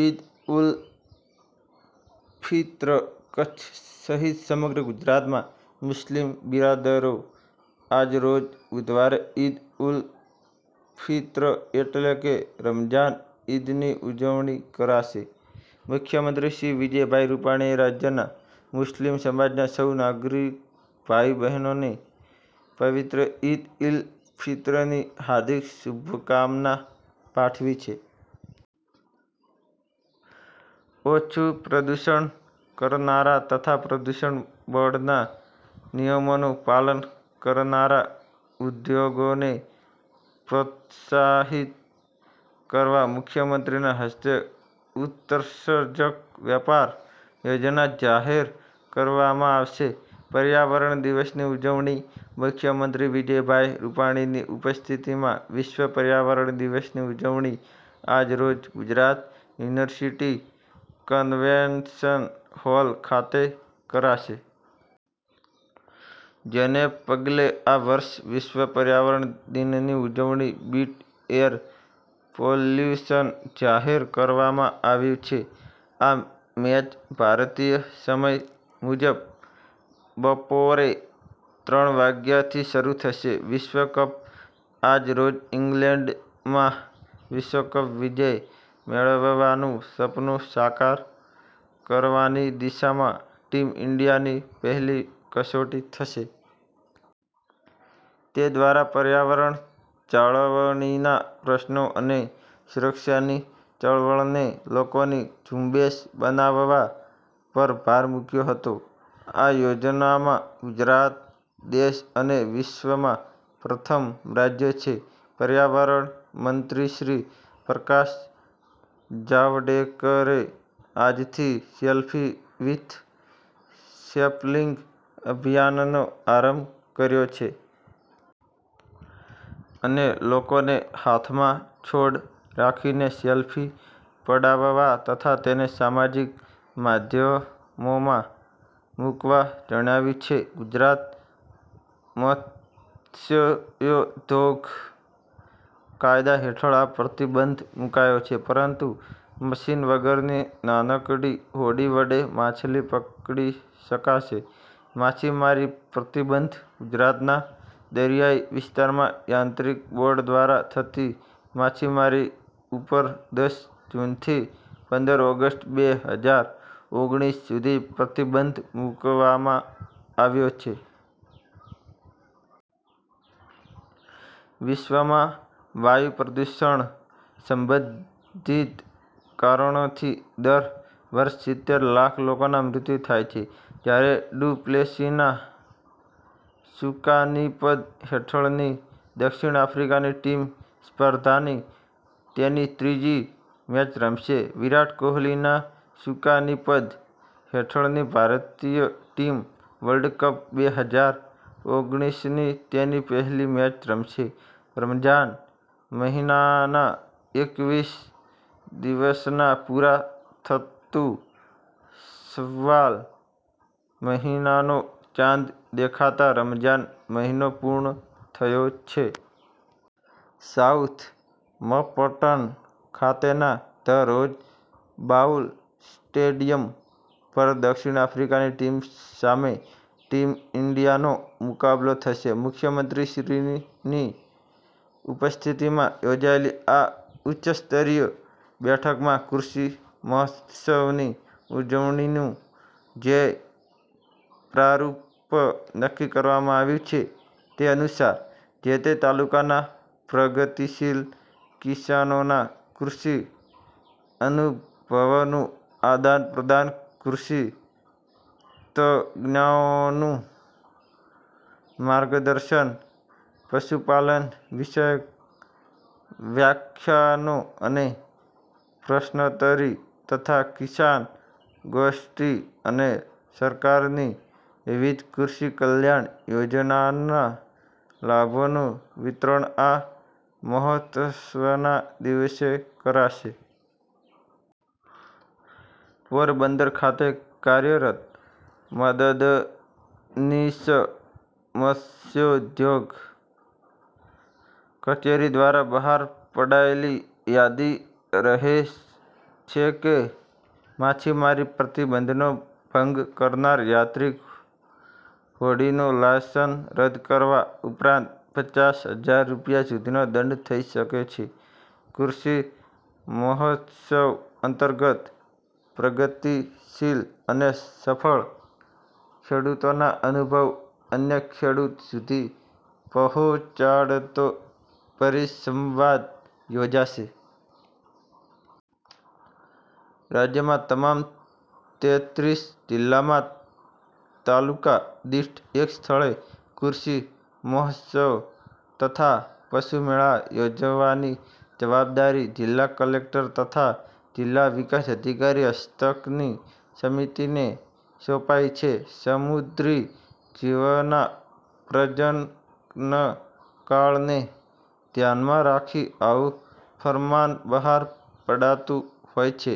ઈદ ઉલ ફિત્ર કચ્છ સહિત સમગ્ર ગુજરાતમાં મુસ્લિમ બિરાદરો આજરોજ બુધવારે ઈદ ઉલ ફિત્ર એટલે કે રમઝાન ઈદની ઉજવણી કરાશે. મુખ્યમંત્રી શ્રી વિજયભાઈ રૂપાણીએ રાજ્યના મુસ્લિમ સમાજના સૌ નાગરીક ભાઈ બહેનોને પવિત્ર ઈદ ઉલ ફિત્રની હાર્દિક શુભકામના પાઠવી છે. ઓછું પ્રદૂષણ કરનારા તથા પ્રદૂષણ બોર્ડના નિયમોનું પાલન કરનારા ઉદ્યોગોને પ્રોત્સાહિત કરવા મુખ્યમંત્રીના હસ્તે ઉત્સર્જક વેપાર યોજના જાહેર કરવામાં આવશે. પર્યાવરણ દિવસની ઉજવણી. મુખ્યમંત્રી વિજયભાઈ રૂપાણીની ઉપસ્થિતિમાં વિશ્વ પર્યાવરણ દિવસની ઉજવણી આજરોજ ગુજરાત યુનિવર્સિટી કન્વેન્શન હોલ ખાતે કરાશે. જેને પગલે આ વર્ષે વિશ્વ પર્યાવરણ દિનની ઉજવણી બીટ એર પોલ્યુશન જાહેર કરવામાં આવ્યું છે. આ મેચ ભારતીય સમય મુજબ બપોરે ત્રણ વાગ્યાથી શરૂ થશે. વિશ્વકપ આજ રોજ ઈંગ્લેન્ડમાં વિશ્વકપ વિજય મેળવવાનું સપનું સાકાર કરવાની દિશામાં ટીમ ઈન્ડિયાની પહેલી કસોટી થશે. તે દ્વારા પર્યાવરણ જાળવણીના પ્રશ્નો અને સુરક્ષાની ચળવળને લોકોની ઝુંબેશ બનાવવા પર ભાર મૂક્યો હતો. આ યોજનામાં ગુજરાત દેશ અને વિશ્વમાં પ્રથમ રાજ્ય છે. પર્યાવરણ મંત્રીશ્રી પ્રકાશ જાવડેકરે આજથી સેલ્ફી વીથ સેપલિંગ અભિયાનનો આરંભ કર્યો છે. અને લોકોને હાથમાં છોડ રાખીને સેલ્ફી પડાવવા તથા તેને સામાજિક માધ્યમોમાં મૂકવા જણાવ્યું છે. ગુજરાત મત્સ્યોદ્યોગ કાયદા હેઠળ આ પ્રતિબંધ મુકાયો છે, પરંતુ મશીન વગરની નાનકડી હોડી વડે માછલી પકડી શકાશે. માછીમારી પ્રતિબંધ ગુજરાતના દરિયાઈ વિસ્તારમાં યાંત્રિક બોટ દ્વારા થતી માછીમારી ઉપર દસ જૂનથી પંદર ઓગસ્ટ બે હજાર ઓગણિસ સુધી પ્રતિબંધ મુકવામાં આવ્યો છે. વિશ્વમાં વાયુ પ્રદુષણ સંબંધિત કારણોથી દર વર્ષે સિત્તેર લાખ લોકોના મૃત્યુ થાય છે. જ્યારે ડુ પ્લેસીસના સુકાનીપદ હેઠળની દક્ષિણ આફ્રિકાની ટીમ સ્પર્ધાની તેની ત્રીજી મેચ રમશે. વિરાટ કોહલીના સુકાનીપદ હેઠળની ભારતીય ટીમ વર્લ્ડકપ બે હજાર ઓગણીસની તેની પહેલી મેચ રમશે, રમઝાન મહિનાના એકવીસ દિવસના પુરા થતું શવ્વાલ મહિનાનો ચાંદ દેખાતા રમઝાન મહિનો પૂર્ણ થયો છે. સાઉથમ્પટન ખાતેના ધ રોઝ બાઉલ સ્ટેડિયમ પર દક્ષિણ આફ્રિકાની ટીમ સામે ટીમ ઈન્ડિયાનો મુકાબલો થશે. મુખ્યમંત્રીશ્રીની ઉપસ્થિતિમાં યોજાયેલી આ ઉચ્ચસ્તરીય બેઠકમાં કૃષિ મહોત્સવની ઉજવણીનું જે પ્રારૂપ નક્કી કરવામાં આવ્યું છે. તે અનુસાર જે તે તાલુકાના પ્રગતિશીલ કિસાનોના કૃષિ અનુભવોનું આદાન પ્રદાન કૃષિ તજ્ઞોનું માર્ગદર્શન પશુપાલન વિષયક વ્યાખ્યાનો અને પ્રશ્નોત્તરી તથા કિસાન ગોષ્ઠિ અને સરકારની વિવિધ કૃષિ કલ્યાણ યોજનાના લાભોનું વિતરણ આ મહોત્સવના દિવસે કરાશે. પોરબંદર ખાતે કાર્યરત મદદનીશ મત્સ્યોદ્યોગ કચેરી દ્વારા બહાર પડાયેલી યાદી કહે છે કે, માછીમારી પ્રતિબંધનો ભંગ કરનાર યાંત્રિક હોડીનું લાયસન્સ રદ કરવા ઉપરાંત પચાસ હજાર રૂપિયા સુધીનો દંડ થઈ શકે છે. કૃષિ મહોત્સવ અંતર્ગત પ્રગતિશીલ અને સફળ ખેડૂતોના અનુભવ અન્ય ખેડૂત સુધી પહોંચાડતો પરિસંવાદ યોજાશે. રાજ્યના તમામ તેત્રીસ જિલ્લામાં તાલુકા દિઠ એક સ્થળે કૃષિ મહોત્સવ તથા પશુમેળા યોજવાની જવાબદારી જિલ્લા કલેક્ટર તથા જિલ્લા વિકાસ અધિકારી હસ્તકની સમિતિને સોપાઇ છે. સમુદ્રી જીવના પ્રજનનકાળને ધ્યાનમાં રાખી આવું ફરમાન બહાર પડાતું હોય છે.